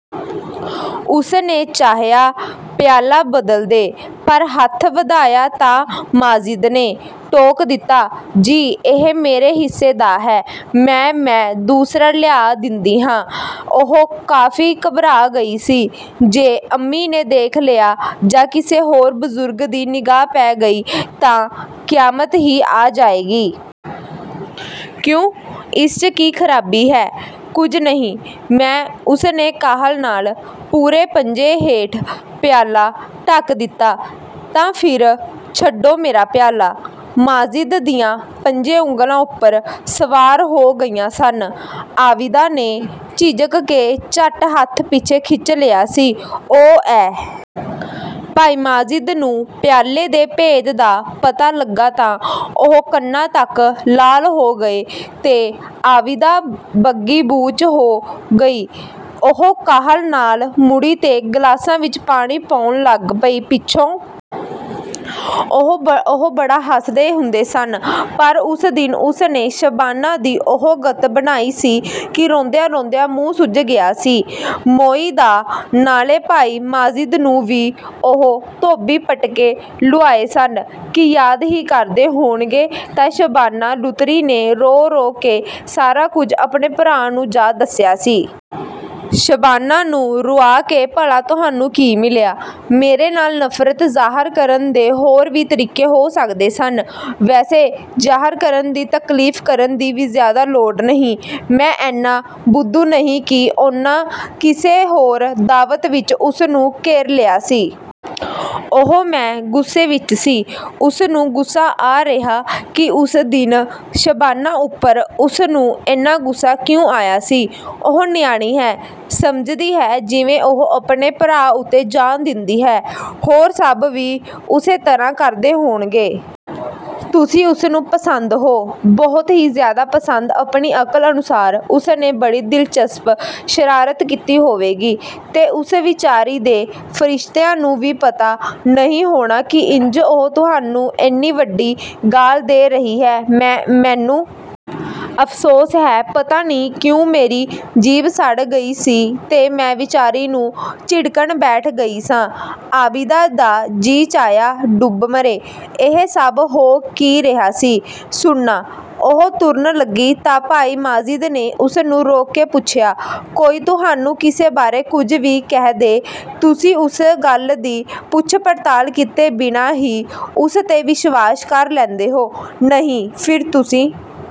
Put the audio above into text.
ਉਸਨੇ ਚਾਹਿਆ ਪਿਆਲਾ ਬਦਲ ਦੇ, ਪਰ ਹੱਥ ਵਧਾਇਆ ਤਾਂ ਮਾਜਿਦ ਨੇ ਟੋਕ ਦਿੱਤਾ।"ਜੀ, ਇਹ ਮੇਰੇ ਹਿੱਸੇ ਦਾ ਹੈ।""ਮੈਂ-ਮੈਂ, ਦੂਸਰਾ ਲਿਆ ਦੇਂਦੀ ਹਾਂ"। ਉਹ ਕਾਫੀ ਘਬਰਾ ਗਈ ਸੀ, 'ਜੇ ਅੰਮੀ ਨੇ ਦੇਖ ਲਿਆ ਜਾਂ ਕਿਸੇ ਹੋਰ ਬਜ਼ੁਰਗ ਦੀ ਨਿਗਾਹ ਪੈ ਗਈ ਤਾਂ ਕਿਆਮਤ ਹੀ ਆ ਜਾਏਗੀ।' "ਕਿਉਂ, ਇਸ 'ਚ ਕੀ ਖਰਾਬੀ ਹੈ?" "ਕੁੱਝ ਨਹੀਂ, ਮੈਂ।" ਉਸਨੇ ਕਾਹਲ ਨਾਲ, ਪੂਰੇ ਪੰਜੇ ਹੇਠ, ਪਿਆਲਾ ਢਕ ਦਿੱਤਾ।"ਤਾਂ ਫਿਰ ਛੱਡੋ ਮੇਰਾ ਪਿਆਲਾ"। ਮਾਜਿਦ ਦੀਆਂ ਪੰਜੇ ਉਂਗਲਾਂ ਉੱਪਰ ਸਵਾਰ ਹੋ ਗਈਆਂ ਸਨ। ਆਬਿਦਾ ਨੇ ਝਿਜਕ ਕੇ ਝੱਟ ਹੱਥ ਪਿੱਛੇ ਖਿੱਚ ਲਿਆ ਸੀ।"ਓ-ਐ", ਭਾਈ ਮਾਜਿਦ ਨੂੰ ਪਿਆਲੇ ਦੇ ਭੇਦ ਦਾ ਪਤਾ ਲੱਗਾ ਤਾਂ ਉਹ ਕੰਨਾਂ ਤੱਕ ਲਾਲ ਹੋ ਗਏ ਤੇ ਆਬਿਦਾ ਬੱਗੀ-ਬੂਚ ਹੋ ਗਈ। ਉਹ ਕਾਹਲ ਨਾਲ ਮੁੜੀ ਤੇ ਗਲਾਸਾਂ ਵਿੱਚ ਪਾਣੀ ਪਾਉਣ ਲੱਗ ਪਈ। ਪਿੱਛੋਂ ਉਹ ਬੜਾ ਹੱਸਦੇ ਹੁੰਦੇ ਸਨ, ਪਰ ਉਸ ਦਿਨ ਉਸਨੇ ਸ਼ਬਾਨਾ ਦੀ ਉਹ ਗਤ ਬਣਾਈ ਸੀ ਕਿ ਰੋਂਦਿਆਂ-ਰੋਂਦਿਆਂ ਮੂੰਹ ਸੁੱਜ ਗਿਆ ਸੀ ਮੋਈ ਦਾ ਨਾਲੇ ਭਾਈ ਮਾਜਿਦ ਨੂੰ ਵੀ ਉਹ ਧੋਬੀ ਪਟਕੇ ਲੁਆਏ ਸਨ ਕਿ ਯਾਦ ਹੀ ਕਰਦੇ ਹੋਣਗੇ ਤੇ ਸ਼ਬਾਨਾ ਲੁਤਰੀ ਨੇ ਰੋ-ਰੋ ਕੇ ਸਾਰਾ ਕੁਝ ਆਪਣੇ ਭਰਾ ਨੂੰ ਜਾ ਦੱਸਿਆ ਸੀ। "ਸ਼ਬਾਨਾ ਨੂੰ ਰੁਆ ਕੇ ਭਲਾ ਤੁਹਾਨੂੰ ਕੀ ਮਿਲਿਆ? ਮੇਰੇ ਨਾਲ ਨਫ਼ਰਤ ਜ਼ਾਹਰ ਕਰਨ ਦੇ ਹੋਰ ਵੀ ਤਰੀਕੇ ਹੋ ਸਕਦੇ ਸਨ। ਵੈਸੇ ਜ਼ਾਹਰ ਕਰਨ ਦੀ ਤਕਲੀਫ਼ ਕਰਨ ਦੀ ਵੀ ਜ਼ਿਆਦਾ ਲੋੜ ਨਹੀਂ, ਮੈਂ ਇੰਨਾ ਬੁੱਧੂ ਨਹੀਂ ਕਿ"-- ਉਨ੍ਹਾਂ ਕਿਸੇ ਹੋਰ ਦਾਵਤ ਵਿੱਚ ਉਸਨੂੰ ਘੇਰ ਲਿਆ ਸੀ। "ਉਹ, ਮੈਂ ਗੁੱਸੇ ਵਿੱਚ ਸੀ", ਉਸਨੂੰ ਗੁੱਸਾ ਆ ਰਿਹਾ ਕਿ ਉਸ ਦਿਨ ਸ਼ਬਾਨਾ ਉੱਪਰ ਉਸਨੂੰ ਇੰਨਾ ਗੁੱਸਾ ਕਿਉਂ ਆਇਆ ਸੀ। "ਉਹ ਨਿਆਣੀ ਹੈ, ਸਮਝਦੀ ਹੈ ਜਿਵੇਂ ਉਹ ਆਪਣੇ ਭਰਾ ਉੱਤੇ ਜਾਨ ਦਿੰਦੀ ਹੈ, ਹੋਰ ਸਭ ਵੀ ਉਸੇ ਤਰ੍ਹਾਂ ਕਰਦੇ ਹੋਣਗੇ। ਤੁਸੀਂ ਉਸਨੂੰ ਪਸੰਦ ਹੋ, ਬਹੁਤ ਹੀ ਜ਼ਿਆਦਾ ਪਸੰਦ ਆਪਣੀ ਅਕਲ ਅਨੁਸਾਰ ਉਸਨੇ ਬੜੀ ਦਿਲਚਸਪ ਸ਼ਰਾਰਤ ਕੀਤੀ ਹੋਵੇਗੀ, ਤੇ ਉਸ ਵਿਚਾਰੀ ਦੇ ਫਰਿਸ਼ਤਿਆਂ ਨੂੰ ਵੀ ਪਤਾ ਨਹੀਂ ਹੋਣਾ ਕਿ ਇੰਜ ਉਹ ਤੁਹਾਨੂੰ ਇੰਨੀ ਵੱਡੀ ਗਾਲ੍ਹ ਦੇ ਰਹੀ ਹੈ"।"ਮੈਂ-ਮੈਨੂੰ ਅਫ਼ਸੋਸ ਹੈ, ਪਤਾ ਨਹੀਂ ਕਿਉਂ ਮੇਰੀ ਜੀਭ ਸੜ ਗਈ ਸੀ ਤੇ ਮੈਂ ਵਿਚਾਰੀ ਨੂੰ ਝਿੜਕਣ ਬੈਠ ਗਈ ਸਾਂ"। ਆਬਿਦਾ ਦਾ ਜੀਅ ਚਾਹਿਆ, ਡੁੱਬ ਮਰੇ। ਇਹ ਸਭ ਹੋ ਕੀ ਰਿਹਾ ਸੀ?"ਸੁਣਨਾ", ਉਹ ਤੁਰਨ ਲੱਗੀ ਤਾਂ ਭਾਈ ਮਾਜਿਦ ਨੇ ਉਸਨੂੰ ਰੋਕ ਕੇ ਪੁੱਛਿਆ,"ਕੋਈ ਤੁਹਾਨੂੰ ਕਿਸੇ ਬਾਰੇ ਕੁਝ ਵੀ ਕਹਿ ਦੇ, ਤੁਸੀਂ ਉਸ ਗੱਲ ਦੀ ਪੁੱਛ-ਪੜਤਾਲ ਕੀਤੇ ਬਿਨਾਂ ਹੀ ਉਸ 'ਤੇ ਵਿਸ਼ਵਾਸ ਕਰ ਲੈਂਦੇ ਹੋ"। "ਨਹੀਂ"।"ਫਿਰ ਤੁਸੀਂ